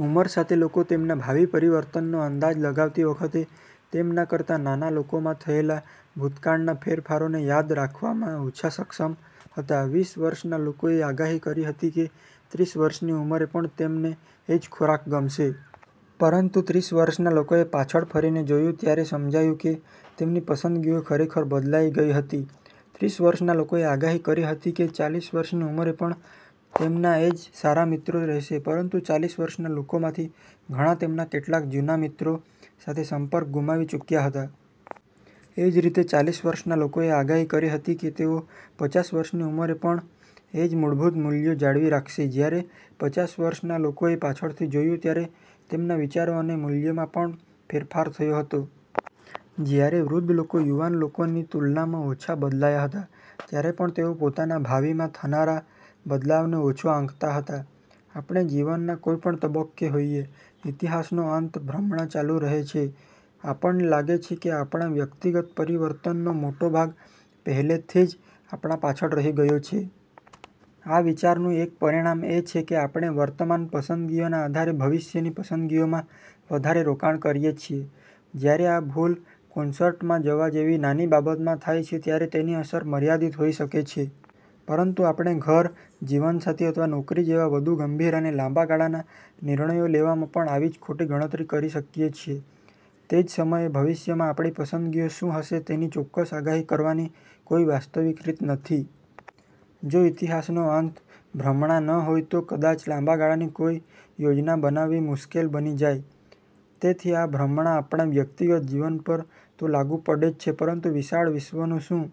ઉંમર સાથે, લોકો તેમના ભાવિ પરિવર્તનનો અંદાજ લગાવતી વખતે તેમના કરતાં નાના લોકોમાં થયેલા ભૂતકાળના ફેરફારોને યાદ રાખવામાં ઓછા સક્ષમ હતા. વીસ વર્ષના લોકોએ આગાહી કરી હતી કે ત્રીસ વર્ષની ઉંમરે પણ તેમને એ જ ખોરાક ગમશે. પરંતુ ત્રીસ વર્ષના લોકોએ પાછળ ફરીને જોયું ત્યારે સમજાયું કે તેમની પસંદગીઓ ખરેખર બદલાઈ ગઈ હતી. ત્રીસ વર્ષના લોકોએ આગાહી કરી હતી કે ચાલીસ વર્ષની ઉંમરે પણ તેમના એ જ સારા મિત્રો રહેશે, પરંતુ ચાલીસ વર્ષના લોકોમાંથી ઘણા તેમના કેટલાક જૂના મિત્રો સાથે સંપર્ક ગુમાવી ચૂક્યા હતા. એ જ રીતે, ચાલીસ વર્ષના લોકોએ આગાહી કરી હતી કે તેઓ પચાસ વર્ષની ઉંમરે પણ એ જ મૂળભૂત મૂલ્યો જાળવી રાખશે, જ્યારે પચાસ વર્ષના લોકોએ પાછળથી જોયું ત્યારે તેમના વિચારો અને મૂલ્યોમાં પણ ફેરફાર થયો હતો. જ્યારે વૃદ્ધ લોકો યુવાન લોકોની તુલનામાં ઓછા બદલાયા હતા, ત્યારે પણ તેઓ પોતાના ભાવિમાં થનારા બદલાવને ઓછો આંકતા હતા. આપણે જીવનના કોઈપણ તબક્કે હોઈએ, “ઇતિહાસનો અંત” ભ્રમણા ચાલુ રહે છે: આપણને લાગે છે કે આપણા વ્યક્તિગત પરિવર્તનનો મોટો ભાગ પહેલેથી જ આપણા પાછળ રહી ગયો છે. આ વિચારનું એક પરિણામ એ છે કે આપણે વર્તમાન પસંદગીઓના આધારે ભવિષ્યની પસંદગીઓમાં વધારે રોકાણ કરીએ છીએ. જ્યારે આ ભૂલ કોન્સર્ટમાં જવા જેવી નાની બાબતમાં થાય છે, ત્યારે તેની અસર મર્યાદિત હોઈ શકે છે. પરંતુ આપણે ઘર, જીવનસાથી અથવા નોકરી જેવા વધુ ગંભીર અને લાંબા ગાળાના નિર્ણયો લેવામાં પણ આવી જ ખોટી ગણતરી કરી શકીએ છીએ. તે જ સમયે, ભવિષ્યમાં આપણી પસંદગીઓ શું હશે તેની ચોક્કસ આગાહી કરવાની કોઈ વાસ્તવિક રીત નથી. જો “ઇતિહાસનો અંત” ભ્રમણા ન હોય, તો કદાચ લાંબા ગાળાની કોઈ યોજના બનાવવી મુશ્કેલ બની જાય. તેથી આ ભ્રમણા આપણા વ્યક્તિગત જીવન પર તો લાગુ પડે જ છે, પરંતુ વિશાળ વિશ્વનું શું?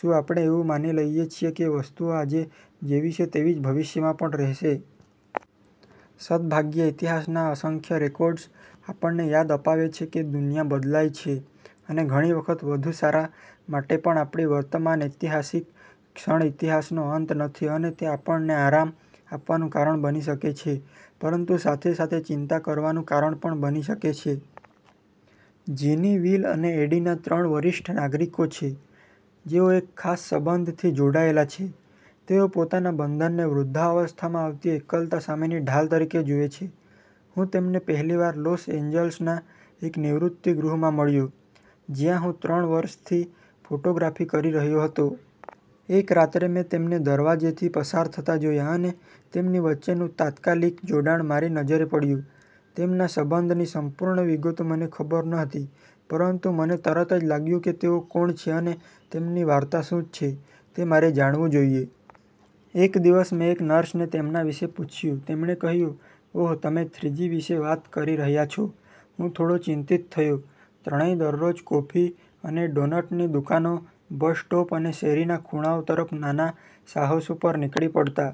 શું આપણે એવું માની લઈએ છીએ કે વસ્તુઓ આજે જેવી છે, તેવી જ ભવિષ્યમાં પણ રહેશે? સદભાગ્યે, ઇતિહાસના અસંખ્ય રેકોર્ડ્સ આપણને યાદ અપાવે છે કે દુનિયા બદલાઈ છે, અને ઘણી વખત વધુ સારા માટે પણ આપણી વર્તમાન ઐતિહાસિક ક્ષણ ઇતિહાસનો અંત નથી. અને તે આપણને આરામ આપવાનું કારણ બની શકે છે, પરંતુ સાથે સાથે ચિંતા કરવાનું કારણ પણ બની શકે છે. જીની, વિલ અને એડિના ત્રણ વરિષ્ઠ નાગરિકો છે, જેઓ એક ખાસ સંબંધથી જોડાયેલા છે. તેઓ પોતાના બંધનને વૃદ્ધાવસ્થામાં આવતી એકલતા સામેની ઢાલ તરીકે જુએ છે. હું તેમને પહેલી વાર લોસ એન્જલસના એક નિવૃત્તિ ગૃહમાં મળ્યો, જ્યાં હું ત્રણ વર્ષથી ફોટોગ્રાફી કરી રહ્યો હતો. એક રાત્રે મેં તેમને દરવાજેથી પસાર થતા જોયા અને તેમની વચ્ચેનું તાત્કાલિક જોડાણ મારી નજરે પડ્યું. તેમના સંબંધની સંપૂર્ણ વિગતો મને ખબર નહોતી, પરંતુ મને તરત જ લાગ્યું કે તેઓ કોણ છે અને તેમની વાર્તા શું છે તે મારે જાણવું જોઈએ. એક દિવસ મેં એક નર્સને તેમના વિશે પૂછ્યું. તેણે કહ્યું, “ઓહ, તમે થ્રીજી વિશે વાત કરી રહ્યા છો.” હું થોડો ચિંતિત થયો. ત્રણેય દરરોજ કોફી અને ડોનટની દુકાનો, બસ સ્ટોપ અને શેરીના ખૂણાઓ તરફ નાના સાહસો પર નીકળી પડતા.